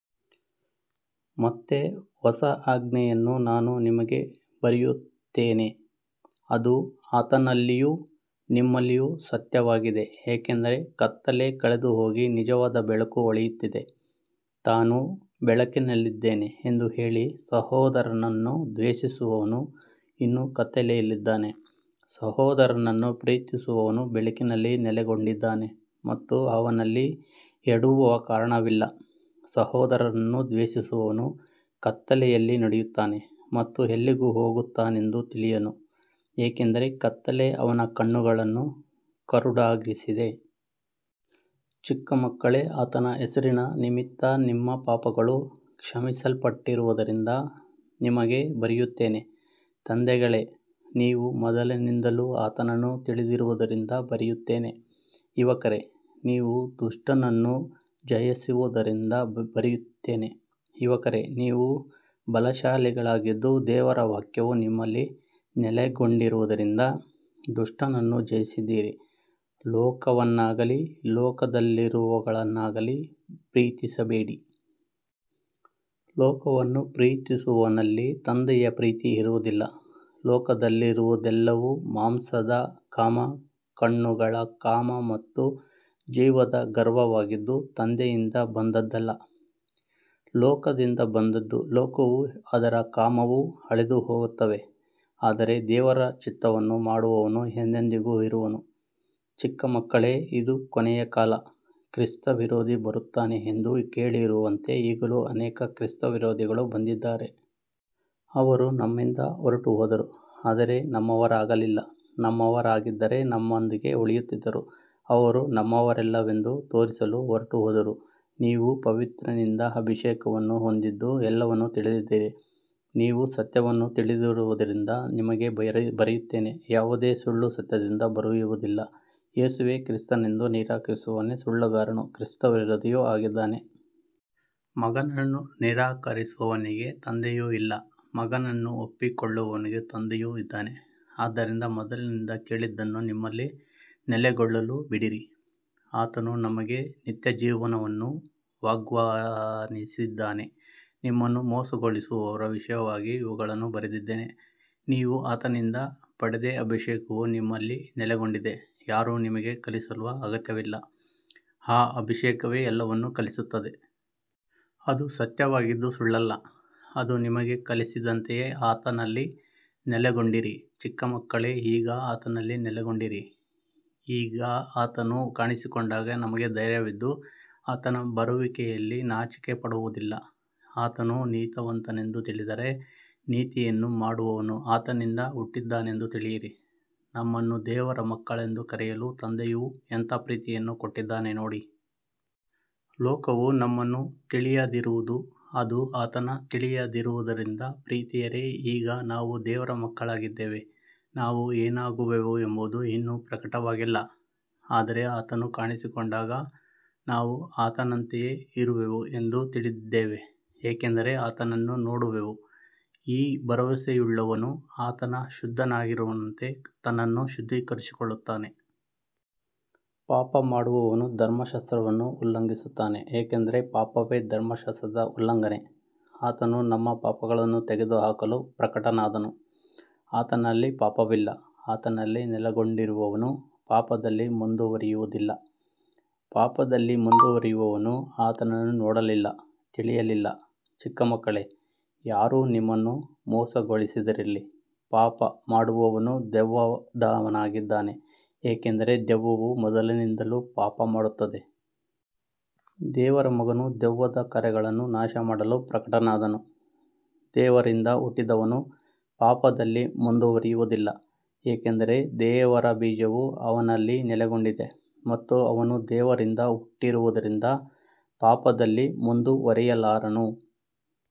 ಮತ್ತೆ ಹೊಸ ಆಜ್ಞೆಯನ್ನು ನಾನು ನಿಮಗೆ ಬರೆಯುತ್ತೇನೆ, ಅದು ಆತನಲ್ಲಿಯೂ ನಿಮ್ಮಲ್ಲಿಯೂ ಸತ್ಯವಾಗಿದೆ, ಏಕೆಂದರೆ ಕತ್ತಲೆ ಕಳೆದುಹೋಗಿ ನಿಜವಾದ ಬೆಳಕು ಹೊಳೆಯುತ್ತಿದೆ. ತಾನು ಬೆಳಕಿನಲ್ಲಿದ್ದೇನೆ ಎಂದು ಹೇಳಿ ಸಹೋದರನನ್ನು ದ್ವೇಷಿಸುವವನು ಇನ್ನೂ ಕತ್ತಲೆಯಲ್ಲಿದ್ದಾನೆ. ಸಹೋದರನನ್ನು ಪ್ರೀತಿಸುವವನು ಬೆಳಕಿನಲ್ಲಿ ನೆಲೆಗೊಂಡಿದ್ದಾನೆ ಮತ್ತು ಅವನಲ್ಲಿ ಎಡವುವ ಕಾರಣವಿಲ್ಲ. ಸಹೋದರನನ್ನು ದ್ವೇಷಿಸುವವನು ಕತ್ತಲೆಯಲ್ಲಿ ನಡೆಯುತ್ತಾನೆ ಮತ್ತು ಎಲ್ಲಿಗೆ ಹೋಗುತ್ತಾನೆಂದು ತಿಳಿಯನು, ಏಕೆಂದರೆ ಕತ್ತಲೆ ಅವನ ಕಣ್ಣುಗಳನ್ನು ಕುರುಡಾಗಿಸಿದೆ. ಚಿಕ್ಕ ಮಕ್ಕಳೇ, ಆತನ ಹೆಸರಿನ ನಿಮಿತ್ತ ನಿಮ್ಮ ಪಾಪಗಳು ಕ್ಷಮಿಸಲ್ಪಟ್ಟಿರುವುದರಿಂದ ನಿಮಗೆ ಬರೆಯುತ್ತೇನೆ. ತಂದೆಗಳೇ, ನೀವು ಮೊದಲಿನಿಂದಲೂ ಆತನನ್ನು ತಿಳಿದಿರುವುದರಿಂದ ಬರೆಯುತ್ತೇನೆ. ಯುವಕರೇ, ನೀವು ದುಷ್ಟನನ್ನು ಜಯಿಸಿರುವುದರಿಂದ ಬರೆಯುತ್ತೇನೆ. ಯುವಕರೇ, ನೀವು ಬಲಶಾಲಿಗಳಾಗಿದ್ದು ದೇವರ ವಾಕ್ಯವು ನಿಮ್ಮಲ್ಲಿ ನೆಲೆಗೊಂಡಿರುವುದರಿಂದ ದುಷ್ಟನನ್ನು ಜಯಿಸಿದ್ದೀರಿ. ಲೋಕವನ್ನಾಗಲಿ ಲೋಕದಲ್ಲಿರುವವುಗಳನ್ನಾಗಲಿ ಪ್ರೀತಿಸಬೇಡಿ. ಲೋಕವನ್ನು ಪ್ರೀತಿಸುವವನಲ್ಲಿ ತಂದೆಯ ಪ್ರೀತಿ ಇರುವುದಿಲ್ಲ. ಲೋಕದಲ್ಲಿರುವುದೆಲ್ಲವೂ ಮಾಂಸದ ಕಾಮ, ಕಣ್ಣುಗಳ ಕಾಮ ಮತ್ತು ಜೀವದ ಗರ್ವವಾಗಿದ್ದು ತಂದೆಯಿಂದ ಬಂದದ್ದಲ್ಲ, ಲೋಕದಿಂದ ಬಂದದ್ದು. ಲೋಕವೂ ಅದರ ಕಾಮವೂ ಅಳಿದುಹೋಗುತ್ತವೆ, ಆದರೆ ದೇವರ ಚಿತ್ತವನ್ನು ಮಾಡುವವನು ಎಂದೆಂದಿಗೂ ಇರುವನು. ಚಿಕ್ಕ ಮಕ್ಕಳೇ, ಇದು ಕೊನೆಯ ಕಾಲ. ಕ್ರಿಸ್ತವಿರೋಧಿ ಬರುತ್ತಾನೆ ಎಂದು ಕೇಳಿರುವಂತೆ ಈಗಲೂ ಅನೇಕ ಕ್ರಿಸ್ತವಿರೋಧಿಗಳು ಬಂದಿದ್ದಾರೆ. ಅವರು ನಮ್ಮಿಂದ ಹೊರಟುಹೋದರು, ಆದರೆ ನಮ್ಮವರಾಗಿರಲಿಲ್ಲ. ನಮ್ಮವರಾಗಿದ್ದರೆ ನಮ್ಮೊಂದಿಗೆ ಉಳಿಯುತ್ತಿದ್ದರು. ಅವರು ನಮ್ಮವರಲ್ಲವೆಂದು ತೋರಿಸಲು ಹೊರಟುಹೋದರು. ನೀವು ಪವಿತ್ರನಿಂದ ಅಭಿಷೇಕವನ್ನು ಹೊಂದಿದ್ದು ಎಲ್ಲವನ್ನೂ ತಿಳಿದಿದ್ದೀರಿ. ನೀವು ಸತ್ಯವನ್ನು ತಿಳಿದಿರುವುದರಿಂದ ನಿಮಗೆ ಬರೆಯುತ್ತೇನೆ, ಯಾವುದೇ ಸುಳ್ಳು ಸತ್ಯದಿಂದ ಬರುವುದಿಲ್ಲ. ಯೇಸುವೇ ಕ್ರಿಸ್ತನೆಂದು ನಿರಾಕರಿಸುವವನೇ ಸುಳ್ಳುಗಾರನೂ ಕ್ರಿಸ್ತವಿರೋಧಿಯೂ ಆಗಿದ್ದಾನೆ. ಮಗನನ್ನು ನಿರಾಕರಿಸುವವನಿಗೆ ತಂದೆಯೂ ಇಲ್ಲ, ಮಗನನ್ನು ಒಪ್ಪಿಕೊಳ್ಳುವವನಿಗೆ ತಂದೆಯೂ ಇದ್ದಾನೆ. ಆದ್ದರಿಂದ ಮೊದಲಿನಿಂದ ಕೇಳಿದ್ದನ್ನು ನಿಮ್ಮಲ್ಲಿ ನೆಲೆಗೊಳ್ಳಲು ಬಿಡಿರಿ. ಆತನು ನಮಗೆ ನಿತ್ಯಜೀವವನ್ನು ವಾಗ್ದಾನಿಸಿದ್ದಾನೆ. ನಿಮ್ಮನ್ನು ಮೋಸಗೊಳಿಸುವವರ ವಿಷಯವಾಗಿ ಇವುಗಳನ್ನು ಬರೆದಿದ್ದೇನೆ. ನೀವು ಆತನಿಂದ ಪಡೆದ ಅಭಿಷೇಕವು ನಿಮ್ಮಲ್ಲಿ ನೆಲೆಗೊಂಡಿದೆ. ಯಾರೂ ನಿಮಗೆ ಕಲಿಸುವ ಅಗತ್ಯವಿಲ್ಲ, ಆ ಅಭಿಷೇಕವೇ ಎಲ್ಲವನ್ನೂ ಕಲಿಸುತ್ತದೆ. ಅದು ಸತ್ಯವಾಗಿದ್ದು ಸುಳ್ಳಲ್ಲ. ಅದು ನಿಮಗೆ ಕಲಿಸಿದಂತೆಯೇ ಆತನಲ್ಲಿ ನೆಲೆಗೊಂಡಿರಿ. ಚಿಕ್ಕ ಮಕ್ಕಳೇ, ಈಗ ಆತನಲ್ಲಿ ನೆಲೆಗೊಂಡಿರಿ, ಆಗ ಆತನು ಕಾಣಿಸಿಕೊಂಡಾಗ ನಮಗೆ ಧೈರ್ಯವಿದ್ದು ಆತನ ಬರುವಿಕೆಯಲ್ಲಿ ನಾಚಿಕೆಪಡುವುದಿಲ್ಲ. ಆತನು ನೀತಿವಂತನೆಂದು ತಿಳಿದರೆ ನೀತಿಯನ್ನು ಮಾಡುವವನು ಆತನಿಂದ ಹುಟ್ಟಿದ್ದಾನೆಂದು ತಿಳಿಯಿರಿ. ನಮ್ಮನ್ನು ದೇವರ ಮಕ್ಕಳೆಂದು ಕರೆಯಲು ತಂದೆಯು ಎಂಥ ಪ್ರೀತಿಯನ್ನು ಕೊಟ್ಟಿದ್ದಾನೆ ನೋಡಿ. ಲೋಕವು ನಮ್ಮನ್ನು ತಿಳಿಯದಿರುವುದು ಅದು ಆತನನ್ನು ತಿಳಿಯದಿರುವುದರಿಂದ. ಪ್ರಿಯರೇ, ಈಗ ನಾವು ದೇವರ ಮಕ್ಕಳಾಗಿದ್ದೇವೆ. ನಾವು ಏನಾಗುವೆವು ಎಂಬುದು ಇನ್ನೂ ಪ್ರಕಟವಾಗಿಲ್ಲ, ಆದರೆ ಆತನು ಕಾಣಿಸಿಕೊಂಡಾಗ ನಾವು ಆತನಂತೆಯೇ ಇರುವೆವು ಎಂದು ತಿಳಿದಿದ್ದೇವೆ, ಏಕೆಂದರೆ ಆತನನ್ನು ನೋಡುವೆವು. ಈ ಭರವಸೆಯುಳ್ಳವನು ಆತನು ಶುದ್ಧನಾಗಿರುವಂತೆ ತನ್ನನ್ನು ಶುದ್ಧೀಕರಿಸಿಕೊಳ್ಳುತ್ತಾನೆ. ಪಾಪ ಮಾಡುವವನು ಧರ್ಮಶಾಸ್ತ್ರವನ್ನು ಉಲ್ಲಂಘಿಸುತ್ತಾನೆ, ಏಕೆಂದರೆ ಪಾಪವೇ ಧರ್ಮಶಾಸ್ತ್ರದ ಉಲ್ಲಂಘನೆ. ಆತನು ನಮ್ಮ ಪಾಪಗಳನ್ನು ತೆಗೆದುಹಾಕಲು ಪ್ರಕಟನಾದನು, ಆತನಲ್ಲಿ ಪಾಪವಿಲ್ಲ. ಆತನಲ್ಲಿ ನೆಲೆಗೊಂಡಿರುವವನು ಪಾಪದಲ್ಲಿ ಮುಂದುವರಿಯುವುದಿಲ್ಲ. ಪಾಪದಲ್ಲಿ ಮುಂದುವರಿಯುವವನು ಆತನನ್ನು ನೋಡಲಿಲ್ಲ, ತಿಳಿಯಲಿಲ್ಲ. ಚಿಕ್ಕ ಮಕ್ಕಳೇ, ಯಾರೂ ನಿಮ್ಮನ್ನು ಮೋಸಗೊಳಿಸದಿರಲಿ. ಪಾಪ ಮಾಡುವವನು ದೆವ್ವದವನಾಗಿದ್ದಾನೆ, ಏಕೆಂದರೆ ದೆವ್ವವು ಮೊದಲಿನಿಂದಲೂ ಪಾಪಮಾಡುತ್ತದೆ. ದೇವರ ಮಗನು ದೆವ್ವದ ಕಾರ್ಯಗಳನ್ನು ನಾಶಮಾಡಲು ಪ್ರಕಟನಾದನು. ದೇವರಿಂದ ಹುಟ್ಟಿದವನು ಪಾಪದಲ್ಲಿ ಮುಂದುವರಿಯುವುದಿಲ್ಲ, ಏಕೆಂದರೆ ದೇವರ ಬೀಜವು ಅವನಲ್ಲಿ ನೆಲೆಗೊಂಡಿದೆ ಮತ್ತು ಅವನು ದೇವರಿಂದ ಹುಟ್ಟಿರುವುದರಿಂದ ಪಾಪದಲ್ಲಿ ಮುಂದುವರಿಯಲಾರನು.